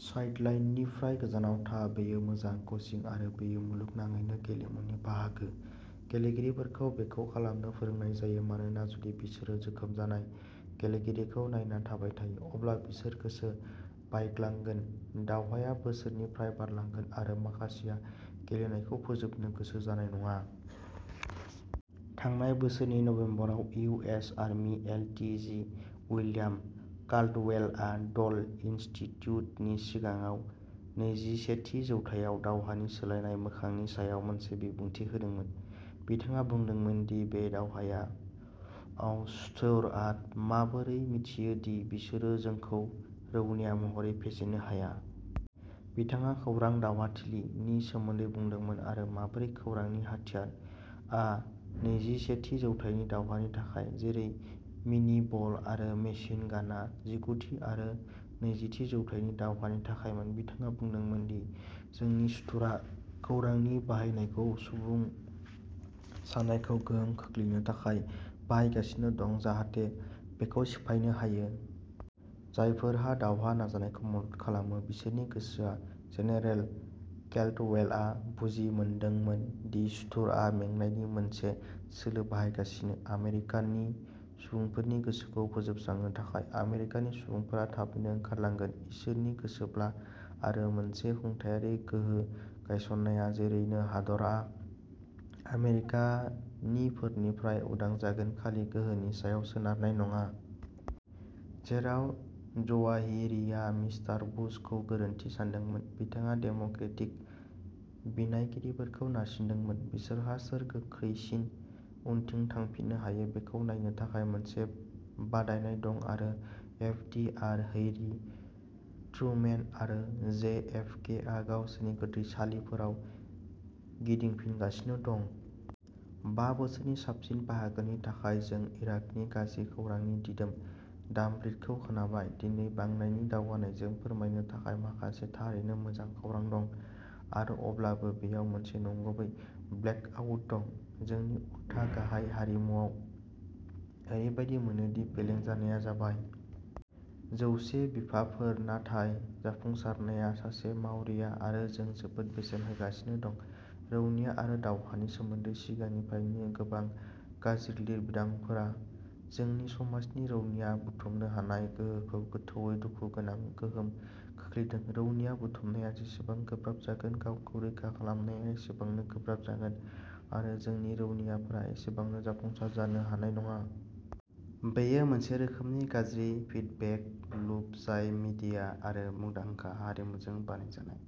साइडलाइननिफ्राय गोजानाव था। बेयो मोजां कोचिं आरो बेयो मुलुगनाङैनो गेलेमुनि बाहागो। गेलेगिरिफोरखौ बेखौ खालामनो फोरोंनाय जायो मानोना जुदि बिसोरो जोखोम जानाय गेलेगिरिखौ नायना थाबाय थायो, अब्ला बिसोर गोसो बायग्लांगोन। दावहाया बिसोरनिफ्राय खारलांगोन आरो माखासेया गेलेनायखौ फोजोबनो गोसो जानाय नङा। थांनाय बोसोरनि नबेम्बराव U S army L T G William काल्डवेलआ ड'ल इनस्टिट्युटनि सिगाङाव नैजिसेथि जौथायाव दावहानि सोलायनाय मोखांनि सायाव मोनसे बिबुंथि होदोंमोन। बिथाङा बुंदोंमोन दि बे दावहायाव सुथुरआ माबोरै मिथियो दि बिसोरो जोंखौ रौनिया महरै फेजेननो हाया। बिथाङा "खौरां दावहाथिलि" नि सोमोन्दै बुंदोंमोन आरो माबोरै "खौरांनि हाथियार" आ नैजिसेथि जौथाइनि दावहानि थाखाय, जेरै मिनि बल आरो मेसिन गानआ जिगुथि आरो नैजिथि जौथाइनि दावहानि थाखायमोन। बिथाङा बुंदोंमोन दि जोंनि सुथुरआ खौरांनि बाहायनायखौ सुबुं सान्नायखौ गोहोम खोख्लैनो थाखाय बाहायगासिनो दं, जाहाथे बेखौ सिफायनो हायो। जायफोरा दावहा नाजानायखौ मदद खालामो बिसोरनि गोसोआ। जेनेरेल केल्डवेलआ बुजिमोदोंमोन दि सुथुरआ "मेंनायनि मोनसे सोलो बाहायगासिनो", आमेरिकानि सुबुंफोरनि गोसोखौ फोजोबस्रांनो थाखाय। "आमेरिकानि सुबुंफोरा थाबैनो ओंखारलांगोन, इसोरनि गोसोब्ला, आरो मोनसे खुंथायारि गोहो गायसननाया जेरैनो हादरा आमेरिकानिफोरनिफ्राय उदां जागोन-खालि गोहोनि सायाव सोनारनाय नङा। जेराव जवाहिरीया मिस्टार बुशखौ गोरोन्थि सानदोंमोन, बिथाङा डेम'क्रेटिक बिनायगिरिफोरखौ नारसिंदोंमोन। बिसोरहा सोर गोख्रैसिन उनथिं थांफिननो हायो बेखौ नायनो थाखाय मोनसे बादायनाय दं आरो F D R, Harry Truman, आरो जे एफ के आ गावसोरनि गोथैसालिफोराव गिदिंफिनगासिनो दं। बा बोसोरनि साबसिन बाहागोनि थाखाय, जों इराकनि गाज्रि खौरांनि दिदोम दामब्रिदखौ खोनाबाय। दिनै, बांनायनि दावगानायजों, फोरमायनो थाखाय माखासे थारैनो मोजां खौरां दं आरो अब्लाबो बेयाव मोनसे नंगुबै ब्लेकआउट दं। जोंनि उलथा गाहाय हारिमुआव, ओरैबायदि मोनो दि फेलें जानाया जाबाय। जौसे बिफाफोर नाथाय जाफुंसारनाया सासे मावरिया आरो जों जोबोद बेसेन होगासिनो दं। रौनिया आरो दावहानि सोमोन्दै सिगांनिफ्रायनो गोबां गाज्रि लिरबिदांफोरा जोंनि समाजनि रौनिया बुथुमनो हानाय गोहोखौ गोथौवै दुखु गोनां गोहोम खोख्लैदों। रौनिया बुथुमनाया जेसेबां गोब्राब जागोन, गावखौ रैखा खालामनाया एसेबांनो गोब्राब जागोन आरो जोंनि रौनियाफोरा एसेबांनो जाफुंसार जानो हानाय नङा। बेयो मोनसे रोखोमनि गाज्रि फिडबेक लुप जाय मिडिया आरो मुंदांखा हारिमुजों बानायजानाय।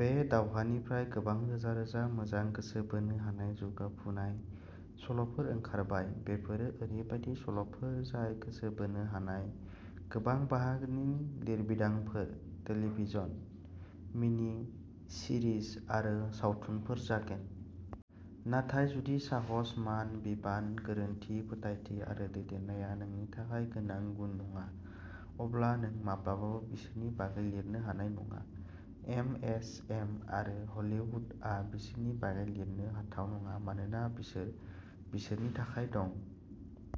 बे दावहानिफ्राय गोबां रोजा-रोजा मोजां, गोसो बोनो हानाय, जौगाफुनाय सल'फोर ओंखारबाय। बेफोरो ओरैबायदि सल'फोर जाय गोसो बोनो हानाय गोबां बाहागोनि लिरबिदांफोर, टेलिभिजन मिनिसिरिज आरो सावथुनफोर जागोन। नाथाय जुदि साहस, मान, बिबान, गोरोनथि, फोथायथि आरो दैदेननाया नोंनि थाखाय गोनां गुन नङा, अब्ला नों माब्लाबाबो बिसोरनि बागै लिरनो हानाय नङा। एमएसएम आरो हलीवुडआ बिसोरनि बागै लिरनो हाथाव नङा मानोना बिसोर बिसोरनि थाखाय दं।